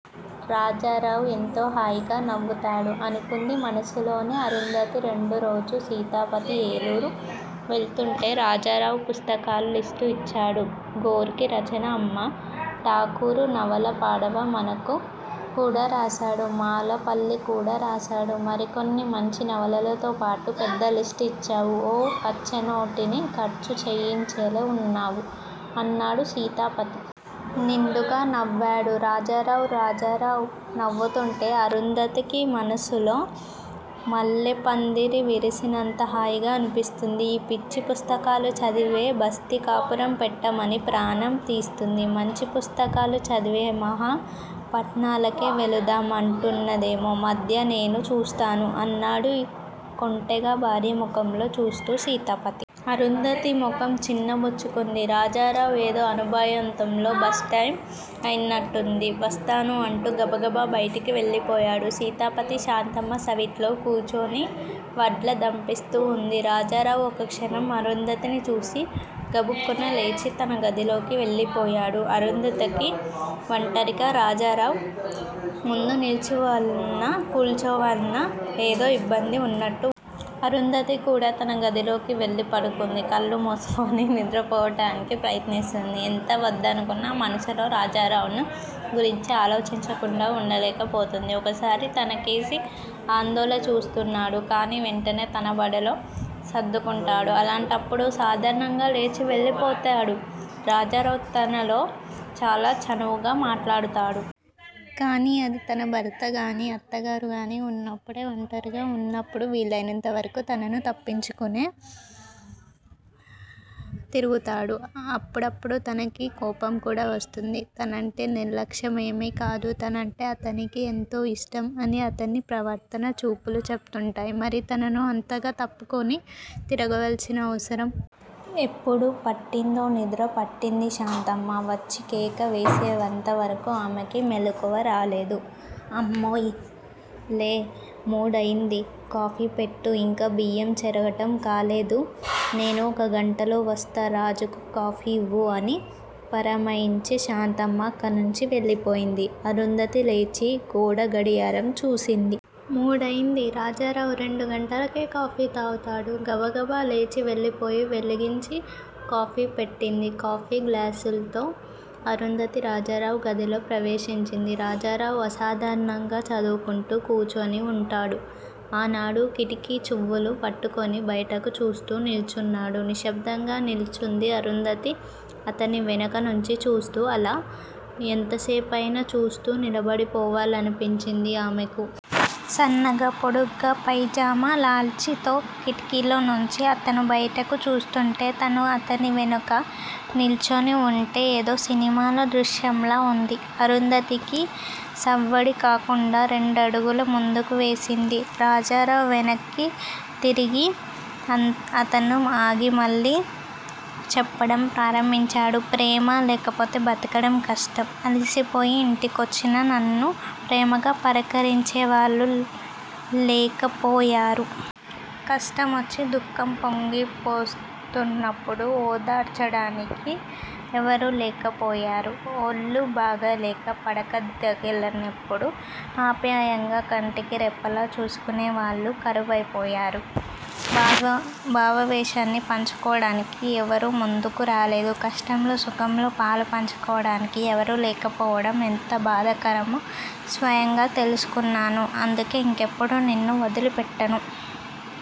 రాజారావు ఎంతో హాయిగా నవ్వుతాడు! అనుకుంది మనస్సులోనే అరుంధతి. రెండోరోజు సీతాపతి ఏలూరు వెళుతూంటే రాజారావు పుస్తకాల లిస్టు ఇచ్చాడు. గోర్కి రచన అమ్మ, ఠాకూరు నవల పడవ మునక కూడా రాశాడు. మాలపల్లి కూడా రాశాడు మరికొన్ని మంచినవలలతోపాటు. పెద్ద లిస్టే ఇచ్చావు ఓ పచ్చనోటయినా ఖర్చు చేయించేలా ఉన్నావు అన్నాడు సీతాపతి. నిండుగా నవ్వాడు రాజారావు. రాజారావు నవ్వుతుంటే అరుంధతికి మనస్సులో మల్లెపందిరి విరిసినంత హాయిగా అనిపిస్తుంది. ఈ పిచ్చి పుస్తకాలు చదివే బస్తీ కాపరం పెట్టమని ప్రాణం తీస్తుంది. మంచి పుస్తకాలు చదివితే మహా పట్నాలకే వెళదాం అంటుందేమో! మధ్య నేను చస్తాను అన్నాడు కొంటెగా భార్య ముఖంలోకి చూస్తూ సీతాపతి. అరుంధతి ముఖం చిన్నబుచ్చుకుంది. రాజారావు ఏదో అనబోయేంతలోనే బస్ టైం అయినట్టుంది. వస్తాను అంటూ గబగబా బయటకు వెళ్ళిపోయాడు సీతాపతి. శాంతమ్మ సావిట్లో కూచుని వడ్లు దంపిస్తూ వుంది. రాజారావు ఓ క్షణం అరుంధతిని చూసి గబుక్కున లేచి తన గదిలోకి వెళ్ళిపోయాడు. అరుంధతికి వంటరిగా రాజారావు ముందు నిల్చోవాలన్నా, కూచోవాలన్నా ఏదో ఇబ్బందిగా వున్నట్లు వుంటుంది. అరుంధతి కూడా తన గదిలోకి వెల్లి పడుకుంది. కళ్ళు మూసుకుని నిద్రపోవటానికి ప్రయత్నిస్తూంది. ఎంత వద్దనుకున్నా మనస్సులో రాజారావును గురించి ఆలోచించకుండా వుండలేకపోతూంది. ఒకోసారి తనకేసి అదోలా చూస్తాడు. కాని వెంటనే తడబాటుతో సర్దుకుంటాడు. అలాంటప్పుడు సాధారణంగా లేచి వెళ్ళిపోతాడు. రాజారావు తనతో చాలా చనువుగా మాట్లాడతాడు. కాని అది తన భర్తగానీ, అత్తగారుగాని వున్నప్పుడే. వంటరిగా వున్నప్పుడు వీలయినంతవరకు తనను తప్పించుకొనే తిరుగుతాడు. అప్పుడప్పుడు తనకు కోపంకూడా వస్తుంది. తనంటే నిర్లక్ష్యమేమో కాదు తనంటే అతనికి ఎంతో ఇష్టం అని అతని ప్రవర్తనా, చూపులే చెబుతుంటాయి. మరి తనను అంతగా తప్పుకుని తిరగాల్సిన అవసరం? ఎప్పుడు పట్టిందో నిద్ర పట్టింది. శాంతమ్మ వచ్చి కేక వేసేంతవరకూ ఆమెకు మెలుకువ రాలేదు. అమ్మాయ్, లే! మూడయింది. కాఫీ పెట్టు. ఇంకా బియ్యం చెరగటం కాలేదు. నేను ఓ గంటలో వస్తా. రాజాకు కాఫీ ఇవ్వు అని పురమాయించి శాంతమ్మ అక్కడనుంచి వెళ్ళిపోయింది. అరుంధతి లేచి గోడగడియారం చూసింది. మూడయింది. రాజారావు రెండు గంటలకే కాఫీ తాగుతాడు. గబగబా లేచివెళ్ళి పొయ్యి వెలిగించి కాఫీ పెట్టింది. కాఫీ గ్లాసుతో అరుంధతి రాజారావు గదిలో ప్రవేశించింది. రాజారావు సాధారణంగా చదువుకుంటూ కూచుని వుంటాడు. ఆనాడు కిటికీచువ్వలు పట్టుకొని బయటకు చూస్తూ నిల్చున్నాడు. నిశ్శబ్దంగా నిలుచుంది అరుంధతి. అతన్ని వెనకనుంచి చూస్తూ- అలా యెంతసేపయినా చూస్తూ నిలబడిపోవాలనిపించింది ఆమెకు. సన్నగా పొడుగ్గా, పైజామా-లాల్చీతో కిటికీలోనుంచి అతను బయటకు చూస్తుంటే, తను అతని వెనుక నిల్చునివుంటే-ఏదో సినిమాలో దృశ్యంలా వుంది అరుంధతికి. సవ్వడి కాకుండా రెండడుగులు ముందుకు వేసింది. రాజారావు వెనక్కు తిరగలేదు. అతను ఆగి మళ్ళీ చెప్పడం ప్రారంభించాడు. ప్రేమ లేకపోతే బతకడం కష్టం. అలసిపోయి ఇంటికొచ్చిన నన్ను ప్రేమగా పలకరించేవాళ్ళు లేకపోయారు. కష్టమొచ్చి దుఃఖం పొంగుకొస్తున్నప్పుడు ఓదార్చడానికి ఎవరూ లేకపోయారు. ఒళ్ళు బాగాలేక పడక దిగలేనప్పుడు ఆప్యాయంగా కంటికి రెప్పలా చూసుకునే వాళ్ళు కరువైపోయారు. భావావేశాన్ని పంచుకోవడానికి ఎవరూ ముందుకు రాలేదు. కష్టంలో, సుఖంలో పాలు పంచుకోవడానికి ఎవరూ లేకపోవడం ఎంత బాధాకరమో స్వయంగా తెలుసుకున్నాను. అందుకే ఇంకెప్పుడూ నిన్ను వదిలిపెట్టను.